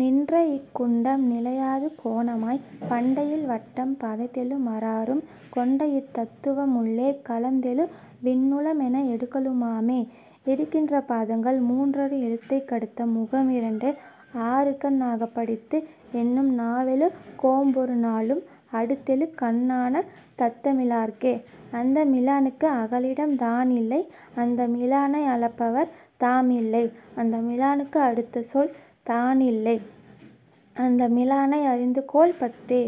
நின்றஇக் குண்டம் நிலையாது கோணமாய்ப் பண்டையில் வட்டம் பதைத்தெழு மாறாறும் கொண்டஇத் தத்துவம் உள்ளே கலந்தெழ விண்ணுளம் என்ன எடுக்கலு மாமே. எடுக்கின்ற பாதங்கள் மூன்றது எழுத்தைக் கடுத்த முகம்இரண்டு ஆறுகண் ஆகப் படித்துஎண்ணும் நாவெழு கொம்பொரு நாலும் அடுத்தெழு கண்ணான தந்தமி லாற்கே. அந்தமில் லானுக்கு அகலிடம் தானில்லை அந்தமில் லானை அளப்பவர் தாமில்லை அந்தமில் லானுக்கு அடுத்தசொல் தானில்லை அந்தமில் லானை அறிந்துகொள் பத்தே.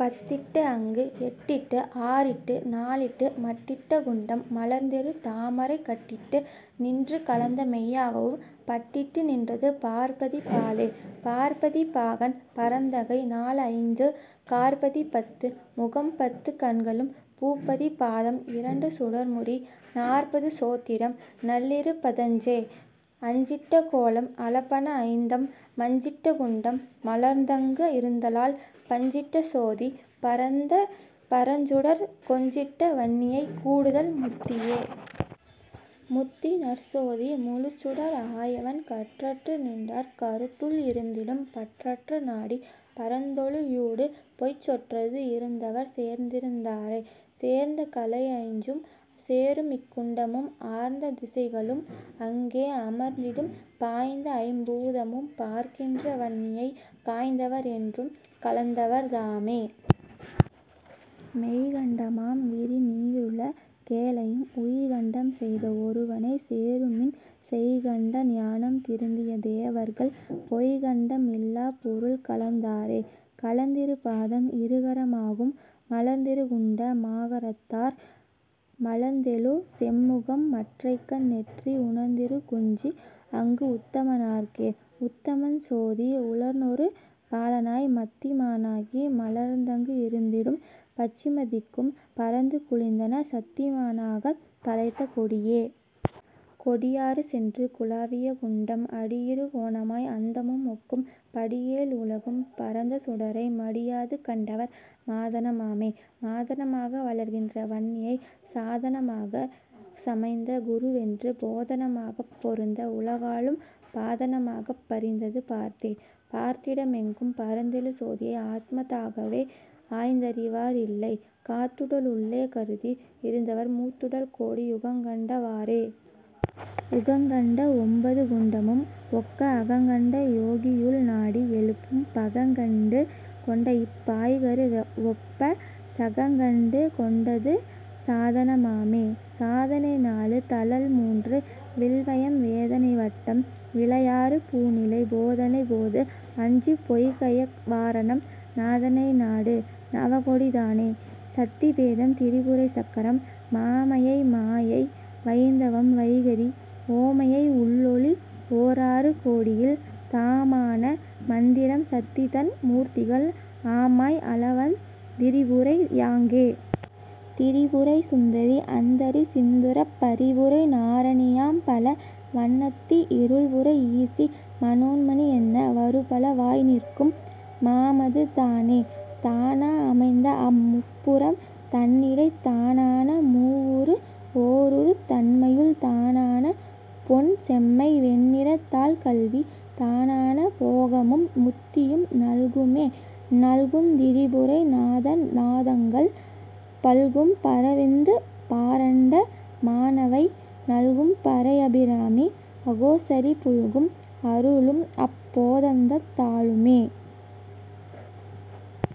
பத்திட்டுஅங்கு எட்டிட்டு ஆறிட்டு நாலிட்டு மட்டிட்ட குண்டம் மலர்ந்தெழு தாமரை கட்டிட்டு நின்று கலந்தமெய் யாகவும் பட்டிட்டு நின்றது பார்ப்பதி பாலே. பார்ப்பதி பாகன் பரந்தகை நால்ஐந்து காற்பதி பத்து முகம்பத்துக் கண்களும் பூப்பதி பாதம் இரண்டு சுடர்முடி நாற்பது சோத்திரம் நல்லிரு பதஞ்சே. அஞ்சிட்ட கோலம் அளப்பன ஐந்தம் மஞ்சிட்ட குண்டம் மலர்ந்தங்கு இருத்தலால் பஞ்சிட்ட சோதி பரந்த பரஞ்சுடர் கொஞ்சிட்ட வன்னியைக் கூடுதல் முத்தியே. முத்திநற் சோதி முழுச்சுடர் ஆயவன் கற்றற்று நின்றார் கருத்துள் இருந்திடும் பற்றற நாடிப் பரந்தொளி யூடு போய்ச் சொற்றது இருந்தவர் சேர்ந்திருந் தாரே. சேர்ந்த கலையஞ்சும் சேரும்இக் குண்டமும் ஆர்ந்த திசைகளும் அங்கே அமர்ந்திடும் பாய்ந்தஐம் பூதமும் பார்க்கின்ற வன்னியைக் காய்ந்தவர் என்றும் கலந்தவர் தாமே. மெய்கண்ட மாம்விரி நீருல கேழையும் உய்கண்டம் செய்த ஒருவனைச் சேருமின் செய்கண்ட ஞானம் திருந்திய தேவர்கள் பொய்கண்டம் இல்லாப் பொருள்கலந் தாரே. கலந்திரு பாதம் இருகர மாகும் மலர்ந்திரு குண்ட மகாரத்தார் மலர்ந்தெழு செம்முகம் மற்றைக்கண் நெற்றி உணர்ந்திரு குஞ்சி அங்கு உத்தம னார்க்கே. உத்தமன் சோதி உளனொரு பாலனாய் மத்திம னாகி மலர்ந்தங்கு இருந்திடும் பச்சிம திக்கும் பரந்து குழிந்தன சத்திமா னாகத் தழைத்த கொடியே. கொடியாறு சென்று குலாவிய குண்டம் அடியிரு கோணமாய் அந்தமும் ஒக்கும் படிஏழ் உலகும் பரந்த சுடரை மடியாது கண்டவர் மாதன மாமே. மாதன மாக வளர்கின்ற வன்னியைச் சாதன மாகச் சமைந்த குருவென்று போதன மாகப் பொருந்த உலகாளும் பாதன மாகப் பரிந்தது பார்த்தே. பார்த்திடம் எங்கும் பரந்தெழு சோதியை ஆத்தம தாகவே ஆய்ந்தறி வார் இல்லை காத்துடல் உள்ளே கருதி இருந்தவர் மூத்துடல் கோடி யுகங்கண்ட வாறே. உகங்கண்ட ஒன்பது குண்டமும் ஒக்க அகங்கண்ட யோகியுள் நாடி எழுப்பும் பகங்கண்டு கொண்டஇப் பாய்கரு வொப்பச் சகங்கண்டு கொண்டது சாதன மாமே. சாதனை நாலு தழல்மூன்று வில்வயம் வேதனை வட்டம் விளையாறு பூநிலை போதனை போதுஐஞ்சு பொய்கய வாரணம் நாதனை நாடு நவகோடி தானே.. சத்தி பேதம் திரிபுரை சக்கரம் மாமாயை மாயை வயிந்தவம் வைகரி ஓமாயை உள்ளொளி ஓராறு கோடியில் தாமான மந்திரம் சத்திதன் மூர்த்திகள் ஆமாய் அலவாந் திரிபுரை யாங்கே. திரிபுரை சுந்தரி அந்தரி சிந்துரப் பரிபுரை நாரணி யாம்பல வன்னத்தி இருள்புரை ஈசி மனோன்மனி என்ன வருபல வாய்நிற்கும் மாமது தானே. தானா அமைந்தஅம் முப்புரம் தன்னிடைத் தானான மூவுரு ஓருருத் தன்மையுள் தானான பொன்செம்மை வெண்ணிறத் தாள்கல்வி தானான போகமும் முத்தியும் நல்குமே. நல்குந் திரிபுரை நாதநா தாந்தங்கள் பல்கும் பரவிந்து பாரண்ட மானவை நல்கும் பரைஅபி ராமி அகோசரி புல்கும் அருளும்அப் போதந்தந் தாளுமே.